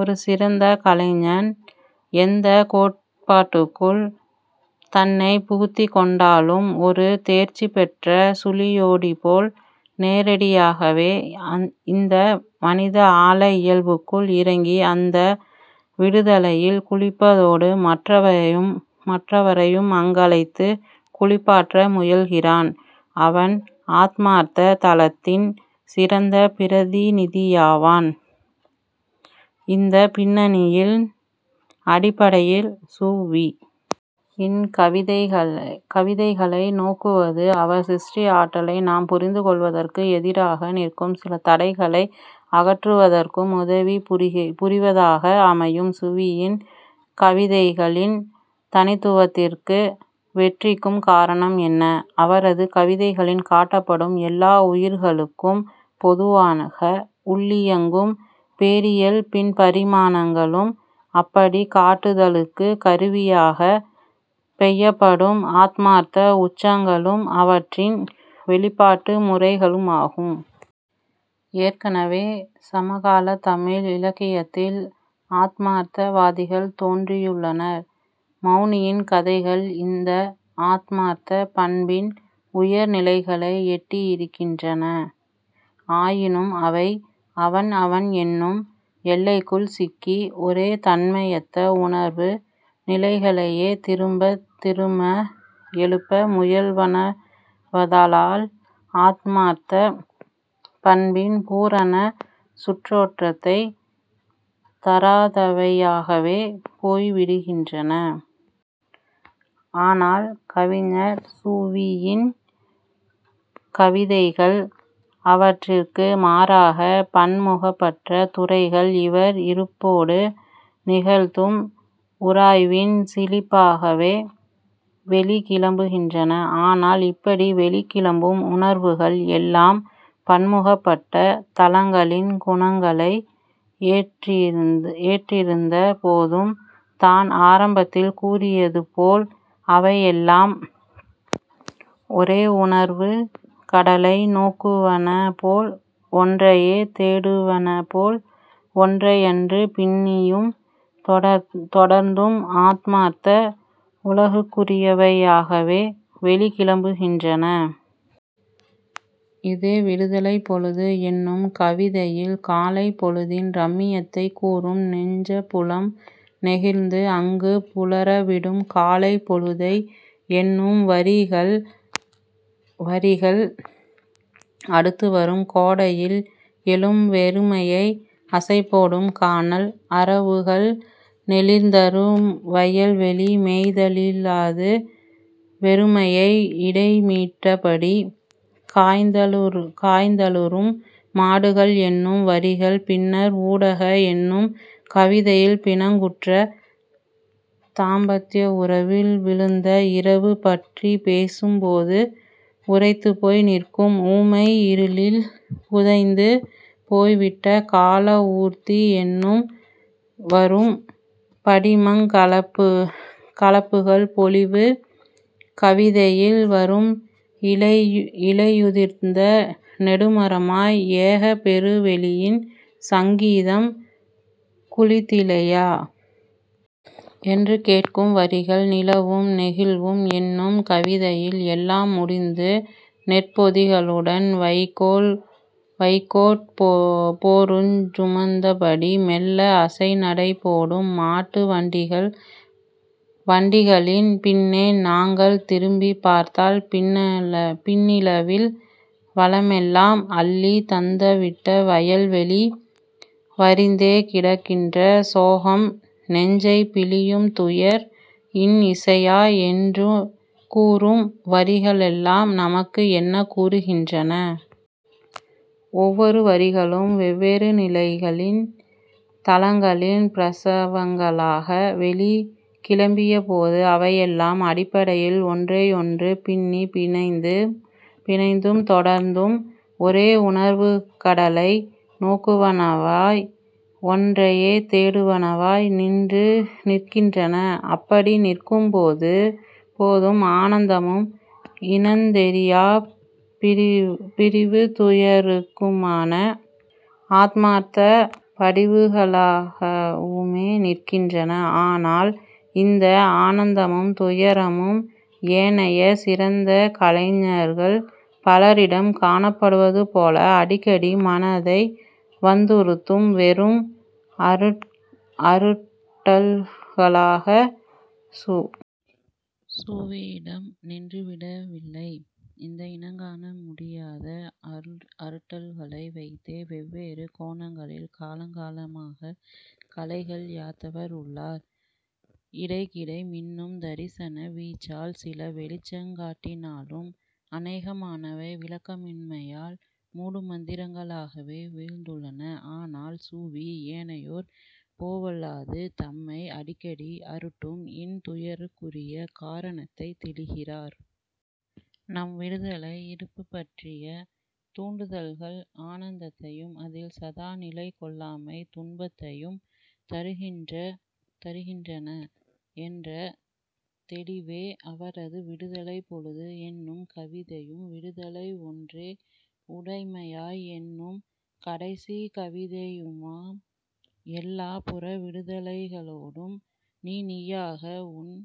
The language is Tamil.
ஒரு சிறந்த கலைஞன் எந்தக் கோட்பாட்டுக்குள் தன்னைப் புகுத்திக்கொண்டாலும் ஒரு தேர்ச்சிபெற்ற சுழியோடிபோல் நேரடியாகவே இந்த மனித ஆழ இயல்புக்குள் இறங்கி, அந்த விடுதலையில் குளிப்பதோடு மற்றவரையும் அங்கழைத்துக் குளிப்பாட்ட முயல்கிறான். அவன் ஆத்மார்த்தத் தளத்தின் சிறந்த பிரதிநிதியாவான். இந்தப் பின்னணியின் அடிப்படையில் சு. வி. யின் கவிதைகளை நோக்குவது அவர் சிருஷ்டி ஆற்றலை நாம் புரிந்துகொள்வதற்கு எதிராக நிற்கும் சில தடைகளை அகற்றுவதற்கும் உதவிபுரிவதாக அமையும். சு. வி. யின் கவிதைகளின் தனித்துவத்திற்கு வெற்றிக்கும் காரணம் என்ன? அவரது கவிதைகளின் காட்டப்படும் எல்லா உயிர்களுக்கும் பொதுவாக உள்ளியங்கும் பேரியல்பின் பரிமாணங்களும் அப்படிக் காட்டுதலுக்குக் கருவியாகப் பெய்யப்படும் ஆத்மார்த்த உச்சங்களும் அவற்றின் வெளிப்பாட்டு முறைகளுமாகும். ஏற்கனவே சமகாலத் தமிழ் இலக்கியத்தில் ஆத்மார்த்த வாதிகள் தோன்றியுள்ளனர். மௌனியின் கதைகள் இந்த ஆத்மாத்தப் பண்பின் உயர் நிலைகளை எட்டியிருக்கின்றன. ஆயினும் அவை அவன்அவன் என்னும் எல்லைக்குள் சிக்கி. ஒரே தன்மையத்த உணர்வு நிலைகளையே திரும்பத் திரும்ப எழுப்ப முயல்வனவாதலால் ஆத்மார்த்தப் பண்பின் பூரண சுற்றோட்டத்தைத் தராதவையாகவே போய்விடுகின்றன. ஆனால் கவிஞர் சு. வி. யின் கவிதைகள் அவற்றிற்கு மாறாக பன்முகப்பட்ட துறைகள் இவர் இருப்போடு நிகழ்த்தும் உராய்வின் சிலிப்பாகவே வெளிக் கிளம்புகின்றன. ஆனால் இப்படி வெளிக்கிளம்பும் உணர்வுகள் எல்லாம் பன்முகப்பட்ட தளங்களின் குணங்களை ஏற்றிருந்த போதும் தான் ஆரம்பத்தில் கூறியதுபோல அவையெல்லாம் ஒரே உணர்வுக் கடலை நோக்குவனபோல் ஒன்றையே தேடுவனபோல் ஒன்றையன்று பின்னியும் தொடர்ந்தும் ஆத்மார்த்த உலகுக்குரியவையாகவே வெளிக் கிளம்புகின்றன. இதே விடுதலைப்பொழுது என்னும் கவிதையில் காலைப் பொழுதின் ரம்மியத்தைக் கூறும் நெஞ்சப்புலம் நெகிழ்ந்து அங்கு புலரவிடும் காலைப் பொழுதை என்னும் வரிகள் அடுத்து வரும் கோடையில் எழும் வெறுமையை அசைபோடும் கானல் அரவுகள் நெளிதரும்வயல் வெளி மேய்தலிலாது வெறுமையை இரைமீட்டபடி காய்தலுறும் மாடுகள் என்னும் வரிகள் பின்னர் ஊடாக என்னும் கவிதையில் பிணங்குற்ற தாம்பத்திய உறவில் விழுந்த இரவு பற்றிப் பேசும் போது உறைத்துபோய் நிற்கும் ஊமை இருளில் புதைந்து போய்விட்ட கால ஊர்தி என்னு வரும் படிமக் கலப்புகள் பொழிவு கவிதையில் வரும் இலையுதிர்ந்த நெடுமரமாய் ஏகப் பெரு வெளியின் சங்கீதம் குளித்திலையா? என்று கேட்கும் வரிகள். நிலவும் நெகிழ்வும் என்னும் கவிதையில் எல்லாம் முடிந்து நெற்பொதிகளுடன் வைக்கோற் போருஞ் சுமந்தபடி மெல்ல அசைநடைபோடும் மாட்டு வண்டிகள் வண்டிகளின் பின்னே நாங்கள் திரும்பிப் பார்த்தால் பின்னிலவில் வளமெல்லாம் அள்ளித் தந்துவிட்ட வயல்வெளி வறிந்தே கிடக்கின்ற சோகம் நெஞ்சைப் பிழியும் துயர் இன் இசையாய் என்று கூறும் வரிகளெல்லாம் நமக்கு என்ன கூறுகின்றன? ஒவ்வொரு வரிகளும் வெவ்வேறு நிலைகளின் தளங்களின் பிரசவங்களாக வெளிக் கிளம்பியபோதும் அவையெல்லாம் அடிப்படையில் ஒன்றையொன்று பின்னிப் பிணைந்தும் தொடர்ந்தும் ஒரே உணர்வுக் கடலை நோக்குவனவாய், ஒன்றையே தேடுவனவாய் நிற்கின்றன. அப்படி நிற்கும்போதும் ஆனந்தமும் இனந்தெரியாப் பிரிவுத் துயருக்குமான ஆத்மார்த்தப் படிவுகளாகவுமே நிற்கின்றன. ஆனால் இந்த ஆனந்தமும் துயரமும் ஏனைய சிறந்த கலைஞர்கள் பலரிடம் காணப்படுவதுபோல அடிக்கடி மனதை வந்துறுத்தும் வெறும் அருட்டல்களாக சு. வி. யிடம் நின்றுவிடவில்லை. இந்த இனங்காண முடியாத அருட்டல்களை வைத்தே வெவ்வேறு கோணங்களில் காலங்காலமாகக் கலைகள் யாத்தவர் உள்ளார். இடைக்கிடை மின்னும் தரிசன வீச்சால் சில வெளிச்சங் காட்டினாலும் அனேகமானவை விளக்கமின்மையால் மூடுமந்திரங்களாகவே வீழ்ந்துள்ளன. ஆனால் சு. வி. ஏனையோர் போவல்லாது தம்மை அடிக்கடி அருட்டும் இன் துயருக்குரிய காரணத்தைத் தெளிகிறார். நம் விடுதலை இருப்புப் பற்றிய தூண்டுதல்கள் ஆனந்தத்தையும் அதில் சதா நிலைகொள்ளாமை துன்பத்தையும் தருகின்றன என்ற தெளிவே அவரது விடுதலைப் பொழுது என்னும் கவிதையும் விடுதலை ஒன்றே உடைமையாய் என்னும் கடைசிக் கவிதையுமாம். எல்லாப் புற விடுதலைகளோடும் நீ நீயாக உன்